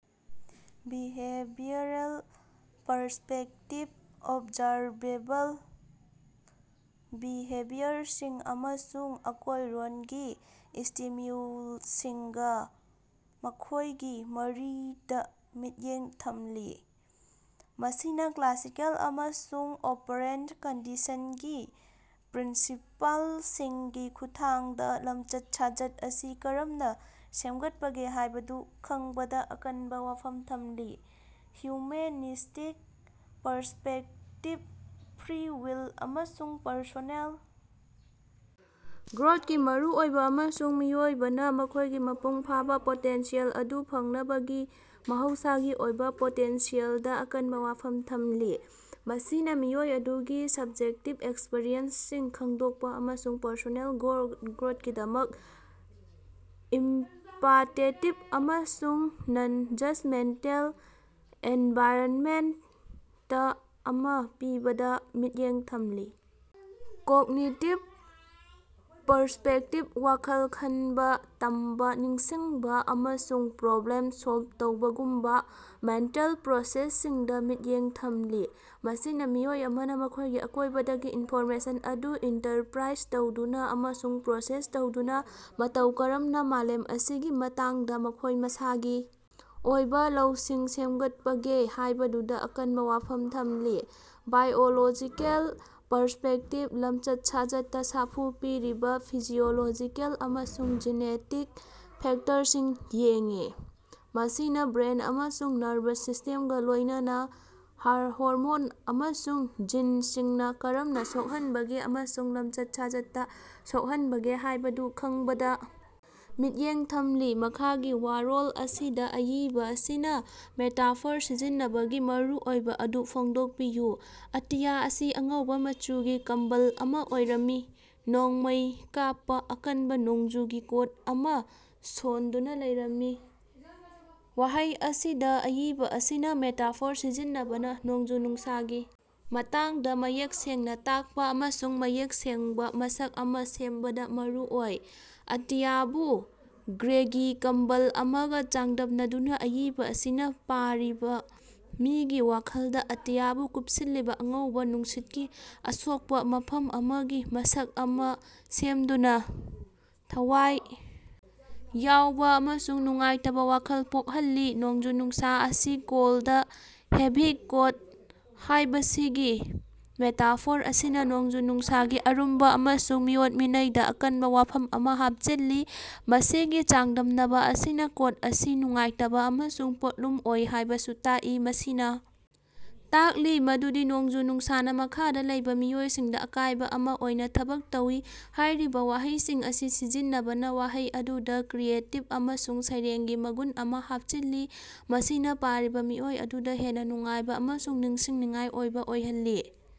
Behavioural perspective observable ꯕꯤꯍꯦꯕꯤꯌꯔꯁꯤꯡ ꯑꯃꯁꯨꯡ ꯑꯀꯣꯏꯔꯣꯟꯒꯤ ꯁ꯭ꯇꯤꯃ꯭ꯌꯨꯜꯁꯤꯡꯒꯥ ꯃꯈꯣꯏꯒꯤ ꯃꯔꯤꯗ ꯃꯤꯠꯌꯦꯡ ꯊꯝꯂꯤ꯫ ꯃꯁꯤꯅ ꯀ꯭ꯂꯥꯁꯤꯀꯦꯜ ꯑꯃꯁꯨꯡ ꯑꯣꯄꯔꯦꯟꯇ ꯀꯟꯗꯤꯁꯟꯒꯤ ꯄ꯭ꯔꯤꯟꯁꯤꯄꯜꯁꯤꯡꯒꯤ ꯈꯨꯠꯊꯥꯡꯗ ꯂꯝꯆꯠ-ꯁꯥꯖꯠ ꯑꯁꯤ ꯀꯔꯝꯅ ꯁꯦꯝꯒꯠꯄꯒꯦ ꯍꯥꯏꯕꯗꯨ ꯈꯪꯕꯗ ꯑꯀꯟꯕ ꯋꯥꯐꯝ ꯊꯝꯂꯤ꯫ ꯍ꯭ꯌꯨꯃꯦꯅꯤꯁ꯭ꯇꯤꯛ ꯄꯔꯁ꯭ꯄꯦꯛꯇꯤꯕ ꯐ꯭ꯔꯤ ꯋꯤꯜ ꯑꯃꯁꯨꯡ ꯄꯔꯁꯣꯅꯦꯜ ꯒ꯭ꯔꯣꯊꯀꯤ ꯃꯔꯨꯑꯣꯏꯕ, ꯑꯃꯁꯨꯡ ꯃꯤꯑꯣꯏꯕꯅ ꯃꯈꯣꯏꯒꯤ ꯃꯄꯨꯡ ꯐꯥꯕ ꯄꯣꯇꯦꯟꯁꯤꯌꯦꯜ ꯑꯗꯨ ꯐꯪꯅꯕꯒꯤ ꯃꯍꯧꯁꯥꯒꯤ ꯑꯣꯏꯕ ꯄꯣꯇꯦꯟꯁꯤꯌꯦꯜꯗ ꯑꯀꯟꯕ ꯋꯥꯐꯝ ꯊꯝꯂꯤ꯫ ꯃꯁꯤꯅ ꯃꯤꯑꯣꯏ ꯑꯗꯨꯒꯤ ꯁꯕ꯭ꯖꯦꯛꯇꯤꯕ ꯑꯦꯛꯁꯄꯤꯔꯤꯑꯦꯟꯁꯁꯤꯡ ꯈꯪꯗꯣꯛꯄ ꯑꯃꯁꯨꯡ ꯄꯔꯁꯣꯅꯦꯜ ꯒ꯭ꯔꯣꯊꯀꯤꯗꯃꯛ ꯏꯝꯄꯥꯇꯦꯇꯤꯕ ꯑꯃꯁꯨꯡ ꯅꯟ-ꯖꯖꯃꯦꯟꯇꯦꯜ ꯑꯦꯟꯚꯥꯏꯔꯅꯃꯦꯟꯇ ꯑꯃ ꯄꯤꯕꯗ ꯃꯤꯠꯌꯦꯡ ꯊꯝꯂꯤ꯫ ꯀꯣꯒꯅꯤꯇꯤꯕ ꯄꯔꯁ꯭ꯄꯦꯛꯇꯤꯕ ꯋꯥꯈꯜ ꯈꯟꯕ, ꯇꯝꯕ, ꯅꯤꯡꯁꯤꯡꯕ, ꯑꯃꯁꯨꯡ ꯄ꯭ꯔꯣꯕ꯭ꯂꯦꯝ ꯁꯣꯜꯕ ꯇꯧꯕꯒꯨꯝꯕ ꯃꯦꯟꯇꯦꯜ ꯄ꯭ꯔꯣꯁꯦꯁꯁꯤꯡꯗ ꯃꯤꯠꯌꯦꯡ ꯊꯝꯂꯤ꯫ ꯃꯁꯤꯅ ꯃꯤꯑꯣꯏ ꯑꯃꯅ ꯃꯈꯣꯏꯒꯤ ꯑꯀꯣꯏꯕꯗꯒꯤ ꯏꯟꯐꯣꯔꯃꯦꯁꯟ ꯑꯗꯨ ꯏꯟꯇꯔꯄ꯭ꯔꯥꯏꯖ ꯇꯧꯗꯨꯅ ꯑꯃꯁꯨꯡ ꯄ꯭ꯔꯣꯁꯦꯁ ꯇꯧꯗꯨꯅ ꯃꯇꯧ ꯀꯔꯝꯅ ꯃꯥꯂꯦꯝ ꯑꯁꯤꯒꯤ ꯃꯇꯥꯡꯗ ꯃꯈꯣꯏ ꯃꯁꯥꯒꯤ ꯑꯣꯏꯕ ꯂꯧꯁꯤꯡ ꯁꯦꯝꯒꯠꯄꯒꯦ ꯍꯥꯏꯕꯗꯨꯗ ꯑꯀꯟꯕ ꯋꯥꯐꯝ ꯊꯝꯂꯤ꯫ ꯕꯥꯏꯑꯣꯂꯣꯖꯤꯀꯦꯜ ꯄꯔꯁ꯭ꯄꯦꯛꯇꯤꯚ ꯂꯝꯆꯠ-ꯁꯥꯖꯠꯇ ꯁꯥꯐꯨ ꯄꯤꯔꯤꯕ ꯐꯤꯖꯤꯑꯣꯂꯣꯖꯤꯀꯦꯜ ꯑꯃꯁꯨꯡ ꯖꯦꯅꯦꯇꯤꯛ ꯐꯦꯛꯇꯔꯁꯤꯡ ꯌꯦꯡꯏ꯫ ꯃꯁꯤꯅ ꯕ꯭ꯔꯦꯟ ꯑꯃꯁꯨꯡ ꯅꯔꯚꯁ ꯁꯤꯁꯇꯦꯝꯒ ꯂꯣꯏꯅꯅ ꯍꯣꯔꯃꯣꯟ ꯑꯃꯁꯨꯡ ꯖꯤꯟꯁꯤꯡꯅ ꯀꯔꯝꯅ ꯁꯣꯛꯍꯟꯕꯒꯦ ꯑꯃꯁꯨꯡ ꯂꯝꯆꯠ-ꯁꯥꯖꯠꯅ ꯁꯣꯛꯍꯟꯕꯒꯦ ꯍꯥꯏꯕꯗꯨ ꯈꯪꯕꯗ ꯃꯤꯠꯌꯦꯡ ꯊꯝꯂꯤ꯫ ꯃꯈꯥꯒꯤ ꯋꯥꯔꯣꯜ ꯑꯁꯤꯗ ꯑꯏꯕ ꯑꯁꯤꯅ ꯃꯦꯇꯥꯐꯣꯔ ꯁꯤꯖꯤꯟꯅꯕꯒꯤ ꯃꯔꯨꯑꯣꯏꯕ ꯑꯗꯨ ꯐꯣꯡꯗꯣꯛꯄꯤꯌꯨ꯫ "ꯑꯇꯤꯌꯥ ꯑꯁꯤ ꯑꯉꯧꯕ ꯃꯆꯨꯒꯤ ꯀꯝꯕꯜ ꯑꯃ ꯑꯣꯏꯔꯝꯃꯤ, ꯅꯣꯡꯃꯩ ꯀꯥꯞꯄ, ꯑꯀꯟꯕ ꯅꯣꯡꯖꯨꯒꯤ ꯀꯣꯠ ꯑꯃ ꯁꯣꯟꯗꯨꯅ ꯂꯩꯔꯝꯃꯤ꯫"ꯋꯥꯍꯩ ꯑꯁꯤꯗ ꯑꯏꯕ ꯑꯁꯤꯅ ꯃꯦꯇꯥꯐꯣꯔ ꯁꯤꯖꯤꯟꯅꯕꯅ ꯅꯣꯡꯖꯨ-ꯅꯨꯡꯁꯥꯒꯤ ꯃꯇꯥꯡꯗ ꯃꯌꯦꯛ ꯁꯦꯡꯅ ꯇꯥꯛꯄ ꯑꯃꯁꯨꯡ ꯃꯌꯦꯛ ꯁꯦꯡꯕ ꯃꯁꯛ ꯑꯃ ꯁꯦꯝꯕꯗ ꯃꯔꯨ ꯑꯣꯏ꯫ ꯑꯇꯤꯌꯥꯕꯨ "ꯒ꯭ꯔꯦꯒꯤ ꯀꯝꯕꯜ" ꯑꯃꯒ ꯆꯥꯡꯗꯝꯅꯗꯨꯅ ꯑꯏꯕ ꯑꯁꯤꯅ ꯄꯥꯔꯤꯕ ꯃꯤꯒꯤ ꯋꯥꯈꯜꯗ ꯑꯇꯤꯌꯥꯕꯨ ꯀꯨꯞꯁꯤꯜꯂꯤꯕ ꯑꯉꯧꯕ ꯅꯨꯡꯁꯤꯠꯀꯤ ꯑꯁꯣꯛꯄ ꯃꯐꯝ ꯑꯃꯒꯤ ꯃꯁꯛ ꯑꯃ ꯁꯦꯝꯗꯨꯅ, ꯊꯋꯥꯏ ꯌꯥꯎꯕ ꯑꯃꯁꯨꯡ ꯅꯨꯡꯉꯥꯏꯇꯕ ꯋꯥꯈꯜ ꯄꯣꯛꯍꯜꯂꯤ꯫ ꯅꯣꯡꯖꯨ-ꯅꯨꯡꯁꯥ ꯑꯁꯤ "ꯀꯣꯜꯗ, ꯍꯦꯚꯤ ꯀꯣꯠ" ꯍꯥꯏꯕꯁꯤꯒꯤ ꯃꯦꯇꯥꯐꯣꯔ ꯑꯁꯤꯅ ꯅꯣꯡꯖꯨ-ꯅꯨꯡꯁꯥꯒꯤ ꯑꯔꯨꯝꯕ ꯑꯃꯁꯨꯡ ꯃꯤꯑꯣꯠ-ꯃꯤꯅꯩꯗ ꯑꯀꯟꯕ ꯋꯥꯐꯝ ꯑꯃ ꯍꯥꯞꯆꯤꯜꯂꯤ꯫ ꯃꯁꯤꯒꯤ ꯆꯥꯡꯗꯝꯅꯕ ꯑꯁꯤꯅ ꯀꯣꯠ ꯑꯁꯤ ꯅꯨꯡꯉꯥꯏꯇꯕ ꯑꯃꯁꯨꯡ ꯄꯣꯠꯂꯨꯝ ꯑꯣꯏ ꯍꯥꯏꯕꯁꯨ ꯇꯥꯛꯏ, ꯃꯁꯤꯅ ꯇꯥꯛꯂꯤ ꯃꯗꯨꯗꯤ ꯅꯣꯡꯖꯨ-ꯅꯨꯡꯁꯥꯅ ꯃꯈꯥꯗ ꯂꯩꯕ ꯃꯤꯑꯣꯏꯁꯤꯡꯗ ꯑꯀꯥꯏꯕ ꯑꯃ ꯑꯣꯏꯅ ꯊꯕꯛ ꯇꯧꯏ꯫ ꯍꯥꯏꯔꯤꯕ ꯋꯥꯍꯩꯁꯤꯡ ꯑꯁꯤ ꯁꯤꯖꯤꯟꯅꯕꯅ ꯋꯥꯍꯩ ꯑꯗꯨꯗ ꯀ꯭ꯔꯤꯌꯦꯇꯤꯕ ꯑꯃꯁꯨꯡ ꯁꯩꯔꯦꯡꯒꯤ ꯃꯒꯨꯟ ꯑꯃ ꯍꯥꯞꯆꯤꯜꯂꯤ, ꯃꯁꯤꯅ ꯄꯥꯔꯤꯕ ꯃꯤꯑꯣꯏ ꯑꯗꯨꯗ ꯍꯦꯟꯅ ꯅꯨꯡꯉꯥꯏꯕ ꯑꯃꯁꯨꯡ ꯅꯤꯡꯁꯤꯡꯅꯤꯡꯉꯥꯏ ꯑꯣꯏꯕ ꯑꯣꯏꯍꯜꯂꯤ꯫